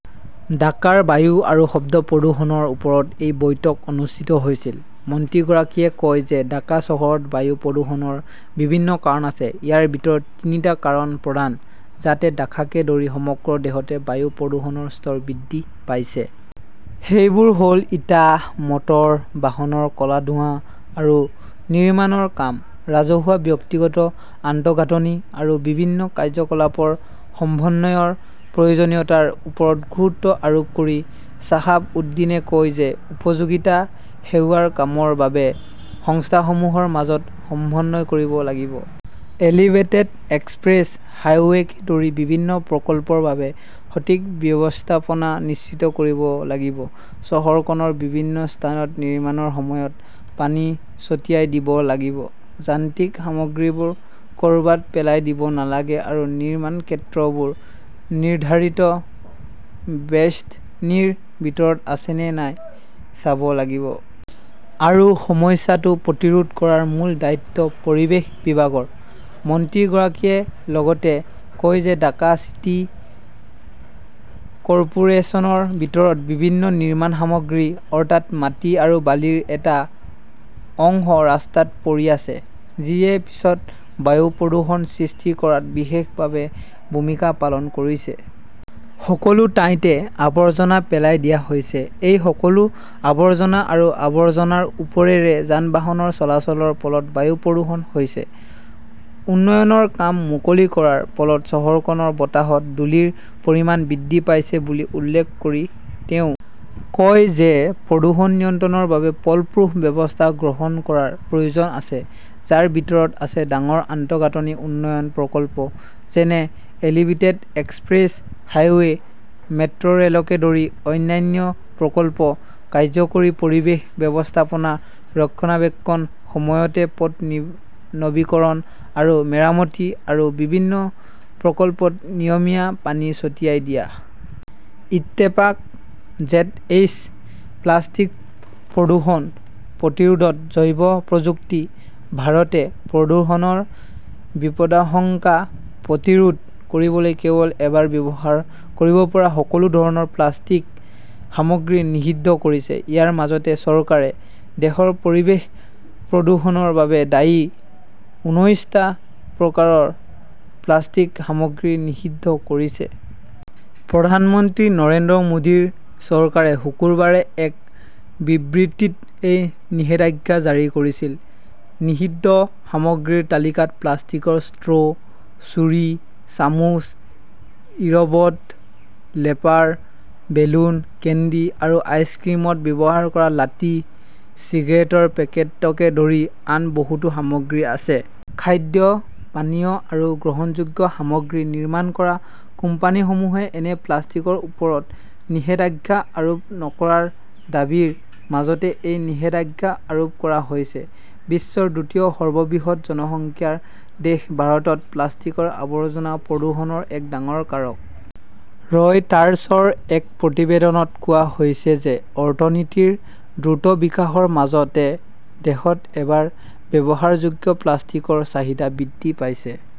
ঢাকাৰ বায়ু আৰু শব্দ প্ৰদূষণৰ ওপৰত এই বৈঠক অনুষ্ঠিত হৈছিল। মন্ত্ৰীগৰাকীয়ে কয় যে ঢাকা চহৰত বায়ু প্ৰদূষণৰ বিভিন্ন কাৰণ আছে। ইয়াৰ ভিতৰত তিনিটা কাৰণ প্ৰধান। যাতে ঢাকাকে ধৰি সমগ্ৰ দেশতে বায়ু প্ৰদূষণৰ স্তৰ বৃদ্ধি পাইছে। সেইবোৰ হ'ল ইটা, মটৰ বাহনৰ ক'লা ধোঁৱা আৰু নিৰ্মাণৰ কাম। ৰাজহুৱা-ব্যক্তিগত আন্তঃগাঁথনি আৰু বিভিন্ন কাৰ্যকলাপৰ সমন্বয়ৰ প্ৰয়োজনীয়তাৰ ওপৰত গুৰুত্ব আৰোপ কৰি শ্বাহাব উদ্দীনে কয় যে, উপযোগিতা সেৱাৰ কামৰ বাবে সংস্থাসমূহৰ মাজত সমন্বয় কৰিব লাগিব। এলিভেটেড এক্সপ্ৰেছ-হাইৱেকে ধৰি বিভিন্ন প্ৰকল্পৰ বাবে সঠিক ব্যৱস্থাপনা নিশ্চিত কৰিব লাগিব। চহৰখনৰ বিভিন্ন স্থানত নিৰ্মাণৰ সময়ত পানী ছটিয়াই দিব লাগিব, যান্ত্ৰিক সামগ্ৰীবোৰ ক'ৰবাত পেলাই দিব নালাগে আৰু নিৰ্মাণ ক্ষেত্ৰবোৰ নিৰ্ধাৰিত বেষ্টনীৰ ভিতৰত আছে নে নাই চাব লাগিব। আৰু সমস্যাটো প্ৰতিৰোধ কৰাৰ মূল দায়িত্ব পৰিৱেশ বিভাগৰ। মন্ত্ৰীগৰাকীয়ে লগতে কয় যে ঢাকা চিটি কৰ্পোৰেচনৰ ভিতৰত বিভিন্ন নিৰ্মাণ সামগ্ৰী, অৰ্থাৎ মাটি আৰু বালিৰ এটা অংশ ৰাস্তাত পৰি আছে, যিয়ে পিছত বায়ু প্ৰদূষণ সৃষ্টি কৰাত বিশেষভাৱে ভূমিকা পালন কৰিছে। সকলো ঠাইতে আৱৰ্জনা পেলাই দিয়া হৈছে। এই সকলো আৱৰ্জনা আৰু আৱৰ্জনাৰ ওপৰেৰে যান-বাহনৰ চলাচলৰ ফলত বায়ু প্ৰদূষণ হৈছে। উন্নয়নৰ কাম মুকলি কৰাৰ ফলত চহৰখনৰ বতাহত ধূলিৰ পৰিমাণ বৃদ্ধি পাইছে বুলি উল্লেখ কৰি তেওঁ কয় যে প্ৰদূষণ নিয়ন্ত্ৰণৰ বাবে ফলপ্ৰসূ ব্যৱস্থা গ্ৰহণ কৰাৰ প্ৰয়োজন আছে, যাৰ ভিতৰত আছে ডাঙৰ আন্তঃগাঁথনি উন্নয়ন প্ৰকল্প যেনে এলিভেটেড এক্সপ্ৰেছ হাইৱে, মেট্ৰ'ৰেলকে ধৰি অন্যান্য প্ৰকল্প, কাৰ্যকৰী পৰিৱেশ ব্যৱস্থাপনা ৰক্ষণাবেক্ষণ, সময়মতে পথ নৱীকৰণ আৰু মেৰামতি, আৰু বিভিন্ন প্ৰকল্পত নিয়মীয়া পানী ছটিয়াই দিয়া। ইত্তেফাক জেডএইচ প্লাষ্টিক প্ৰদূষণ প্ৰতিৰোধত জৈৱ প্ৰযুক্তি ভাৰতে প্ৰদূষণৰ বিপদাশংকা প্ৰতিৰোধ কৰিবলৈ কেৱল এবাৰ ব্যৱহাৰ কৰিব পৰা সকলো ধৰণৰ প্লাষ্টিক সামগ্ৰী নিষিদ্ধ কৰিছে। ইয়াৰ মাজতে চৰকাৰে দেশৰ পৰিৱেশ প্ৰদূষণৰ বাবে দায়ী উন্নৈছটা প্ৰকাৰৰ প্লাষ্টিক সামগ্ৰী নিষিদ্ধ কৰিছে। প্ৰধানমন্ত্ৰী নৰেন্দ্ৰ মোদীৰ চৰকাৰে শুকুৰবাৰে এক বিবৃতিত এই নিষেধাজ্ঞা জাৰি কৰিছিল। নিষিদ্ধ সামগ্ৰীৰ তালিকাত প্লাষ্টিকৰ ষ্ট্ৰ ', ছুৰী, চামুচ, ইৰবড, লেপাৰ, বেলুন, কেণ্ডি আৰু আইচক্ৰীমত ব্যৱহাৰ কৰা লাঠি, চিগাৰেটৰ পেকেটকে ধৰি আন বহুতো সামগ্ৰী আছে। খাদ্য, পানীয় আৰু গ্ৰহণযোগ্য সামগ্ৰী নিৰ্মাণ কৰা কোম্পানীসমূহে এনে প্লাষ্টিকৰ ওপৰত নিষেধাজ্ঞা আৰোপ নকৰাৰ দাবীৰ মাজতে এই নিষেধাজ্ঞা আৰোপ কৰা হৈছে। বিশ্বৰ দ্বিতীয় সৰ্ববৃহৎ জনসংখ্যাৰ দেশ ভাৰতত প্লাষ্টিকৰ আৱৰ্জনা প্ৰদূষণৰ এক ডাঙৰ কাৰক। ৰয়টাৰ্ছৰ এক প্ৰতিবেদনত কোৱা হৈছে যে, অৰ্থনীতিৰ দ্ৰুত বিকাশৰ মাজতে দেশত এবাৰ ব্যৱহাৰযোগ্য প্লাষ্টিকৰ চাহিদা বৃদ্ধি পাইছে।